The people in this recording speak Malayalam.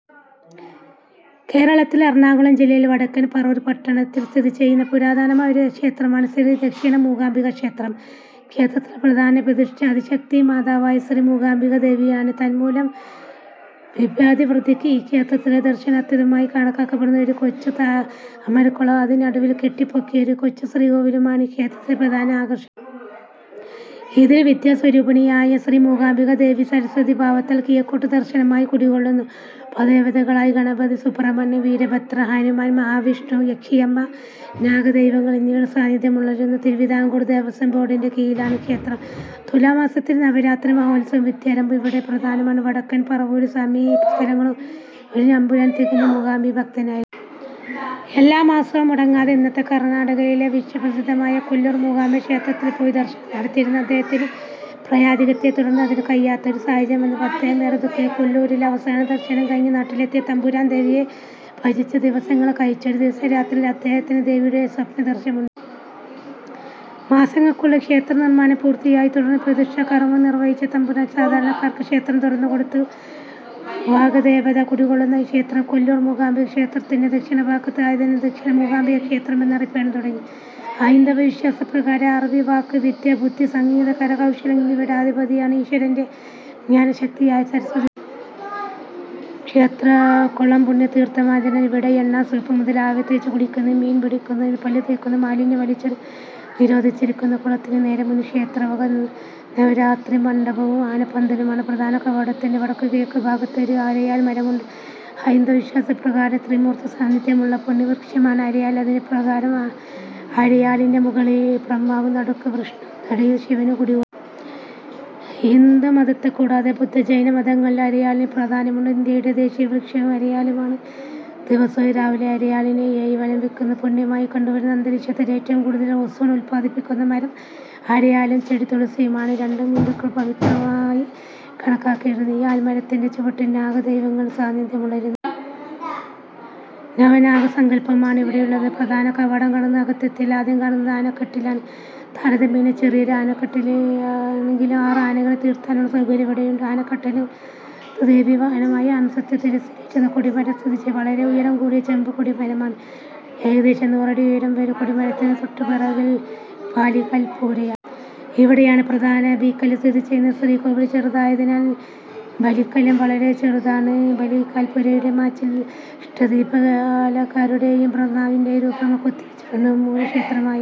കേരളത്തിൽ എറണാകുളം ജില്ലയിൽ വടക്കൻ പറവൂർ പട്ടണത്തിൽ സ്ഥിതിചെയ്യുന്ന പുരാതനമായ ഒരു ക്ഷേത്രമാണ് ശ്രീ ദക്ഷിണമൂകാംബികാക്ഷേത്രം. ഈ ക്ഷേത്രത്തിലെ പ്രധാന പ്രതിഷ്ഠ ആദിശക്തി മാതാവായ ശ്രീ മൂകാംബികാദേവിയാണ്. തന്മൂലം വിദ്യാഭിവൃദ്ധിയ്ക്ക് ഈ ക്ഷേത്രത്തിലെ ദർശനം അത്യുത്തമമായി കണക്കാക്കപ്പെടുന്നു. ഒരു കൊച്ചു താമരക്കുളവും അതിന് നടുവിൽ കെട്ടിപ്പൊക്കിയ ഒരു കൊച്ചുശ്രീകോവിലുമാണ് ഈ ക്ഷേത്രത്തിലെ പ്രധാന ആകർഷണങ്ങൾ. ഇതിൽ വിദ്യാസ്വരൂപിണിയായ ശ്രീമൂകാംബികാദേവി സരസ്വതീഭാവത്തിൽ കിഴക്കോട്ട് ദർശനമായി കുടികൊള്ളുന്നു. ഉപദേവതകളായി ഗണപതി, സുബ്രഹ്മണ്യൻ, വീരഭദ്രൻ, ഹനുമാൻ, മഹാവിഷ്ണു, യക്ഷിയമ്മ, നാഗദൈവങ്ങൾ എന്നിവർ സാന്നിദ്ധ്യമരുളുന്നു. തിരുവിതാംകൂർ ദേവസ്വം ബോർഡിന്റെ കീഴിലാണ് ക്ഷേത്രം. തുലാമാസത്തിലെ നവരാത്രി മഹോത്സവവും വിദ്യാരംഭവും ഇവിടെ പ്രധാനമാണ്. വടക്കൻ പറവൂരും സമീപസ്ഥലങ്ങളും അടക്കിഭരിച്ചിരുന്ന ഒരു തമ്പുരാൻ തികഞ്ഞ മൂകാംബികാഭക്തനായിരുന്നു. എല്ലാമാസവും മുടങ്ങാതെ ഇന്നത്തെ കർണ്ണാടകയിലെ വിശ്വപ്രസിദ്ധമായ കൊല്ലൂർ മൂകാംബികാക്ഷേത്രത്തിൽ പോയി ദർശനം നടത്തിയിരുന്ന അദ്ദേഹത്തിന് പ്രായാധിക്യത്തെത്തുടർന്ന് അതിന് കഴിയാത്ത ഒരു സാഹചര്യം വന്നപ്പോൾ അദ്ദേഹം ഏറെ ദുഃഖിതനായി. കൊല്ലൂരിലെ അവസാനദർശനം കഴിഞ്ഞ് നാട്ടിലെത്തിയ തമ്പുരാൻ ദേവിയെ ഭജിച്ച് ദിവസങ്ങൾ കഴിച്ചു. ഒരു ദിവസം രാത്രിയിൽ അദ്ദേഹത്തിന് ദേവിയുടെ സ്വപ്നദർശനമുണ്ടായി. മാസങ്ങൾക്കുള്ളിൽ ക്ഷേത്രനിർമ്മാണം പൂർത്തിയായി. തുടർന്ന് പ്രതിഷ്ഠാകർമ്മവും നിർവ്വഹിച്ച തമ്പുരാൻ സാധാരണക്കാർക്ക് ക്ഷേത്രം തുറന്നുകൊടുത്തു. വാഗ്ദേവത കുടികൊള്ളുന്ന ഈ ക്ഷേത്രം കൊല്ലൂർ മൂകാംബികാക്ഷേത്രത്തിന്റെ ദക്ഷിണഭാഗത്ത് ആയതിനാൽ 'ദക്ഷിണ മൂകാംബികാക്ഷേത്രം' എന്നറിയപ്പെടാൻ തുടങ്ങി. ഹൈന്ദവ വിശ്വാസപ്രകാരം അറിവ്, വാക്ക്, വിദ്യ, ബുദ്ധി, സംഗീതം, കരകൗശലങ്ങൾ എന്നിവയുടെ അധിപതിയാണ് ഈശ്വരന്റെ ജ്ജ്ഞാനശക്തിയായ സരസ്വതീദേവീ. ക്ഷേത്രക്കുളം പുണ്യതീർത്ഥമായതിനാൽ ഇവിടെ എണ്ണ, സോപ്പ് മുതലായവ തേച്ചുകുളിയ്ക്കുന്നതും മീൻ പിടിയ്ക്കുന്നതും പല്ലുതേയ്ക്കുന്നതും മാലിന്യം വലിച്ചെറിയുന്നതും നിരോധിച്ചിരിയ്ക്കുന്നു. കുളത്തിന് നേരെ മുന്നിൽ ക്ഷേത്രം വക നവരാത്രിമണ്ഡപവും ആനപ്പന്തലുമാണ്. പ്രധാനകവാടത്തിന്റെ വടക്കുകിഴക്കുഭാഗത്ത് ഒരു അരയാൽ മരമുണ്ട്. ഹൈന്ദവവിശ്വാസപ്രകാരം ത്രിമൂർത്തിസാന്നിദ്ധ്യമുള്ള പുണ്യവൃക്ഷമാണ് അരയാൽ. അതിൻപ്രകാരം അരയാലിന്റെ മുകളിൽ ബ്രഹ്മാവും നടുക്ക് വിഷ്ണുവും അടിയിൽ ശിവനും കുടികൊള്ളുന്നു. ഹിന്ദുമതത്തെക്കൂടാതെ ബുദ്ധ-ജൈന മതങ്ങളിലും അരയാലിന് പ്രാധാന്യമുണ്ട്. ഇന്ത്യയുടെ ദേശീയവൃക്ഷവും അരയാലാണ്. ദിവസവും രാവിലെ അരയാലിനെ ഏഴുവലം വയ്ക്കുന്നത് പുണ്യമായി കണ്ടുവരുന്നു. അന്തരീക്ഷത്തിൽ ഏറ്റവും കൂടുതൽ ഓസോൺ ഉത്പാദിപ്പിയ്ക്കുന്ന മരം അരയാലും, ചെടി തുളസിയുമാണ്. രണ്ടും ഹിന്ദുക്കൾ പവിത്രമായി കണക്കാക്കിവരുന്നു. ഈ ആൽമരത്തിന്റെ ചുവട്ടിൽ നാഗദൈവങ്ങൾ സാന്നിദ്ധ്യമരുളുന്നു. നവനാഗസങ്കല്പമാണ് ഇവിടെയുള്ളത്. പ്രധാനകവാടം കടന്ന് അകത്തെത്തിയാൽ ആദ്യം കാണുന്നത് ആനക്കൊട്ടിലാണ്. താരതമ്യേന ചെറിയൊരു ആനക്കൊട്ടിലാണിതെങ്കിലും ആറ് ആനകളെ നിർത്താനുള്ള സൗകര്യം ഇവിടെയുണ്ട്. ആനക്കൊട്ടിലിന് പടിഞ്ഞാറുഭാഗത്ത് ദേവീവാഹനമായ ഹംസത്തെ ശിരസ്സിലേറ്റുന്ന കൊടിമരം സ്ഥിതിചെയ്യുന്നു. വളരെ ഉയരം കൂടിയ ചെമ്പുകൊടിമരമാണ് ഇവിടെയുള്ളത്. ഏകദേശം നൂറടി ഉയരം വരും. കൊടിമരത്തിന് തൊട്ടുപുറകിൽ ബലിക്കൽപ്പുരയാണ്. ഇവിടെയാണ് പ്രധാന ബലിക്കല്ല് സ്ഥിതിചെയ്യുന്നത്. ശ്രീകോവിൽ ചെറുതായതിനാൽ ബലിക്കല്ലും വളരെ ചെറുതാണ്. ബലിക്കൽപ്പുരയുടെ മച്ചിൽ അഷ്ടദിക്പാലകരുടെയും ബ്രഹ്മാവിന്റെയും രൂപങ്ങൾ കൊത്തിവച്ചിട്ടുണ്ട്. മൂലക്ഷേത്രമായ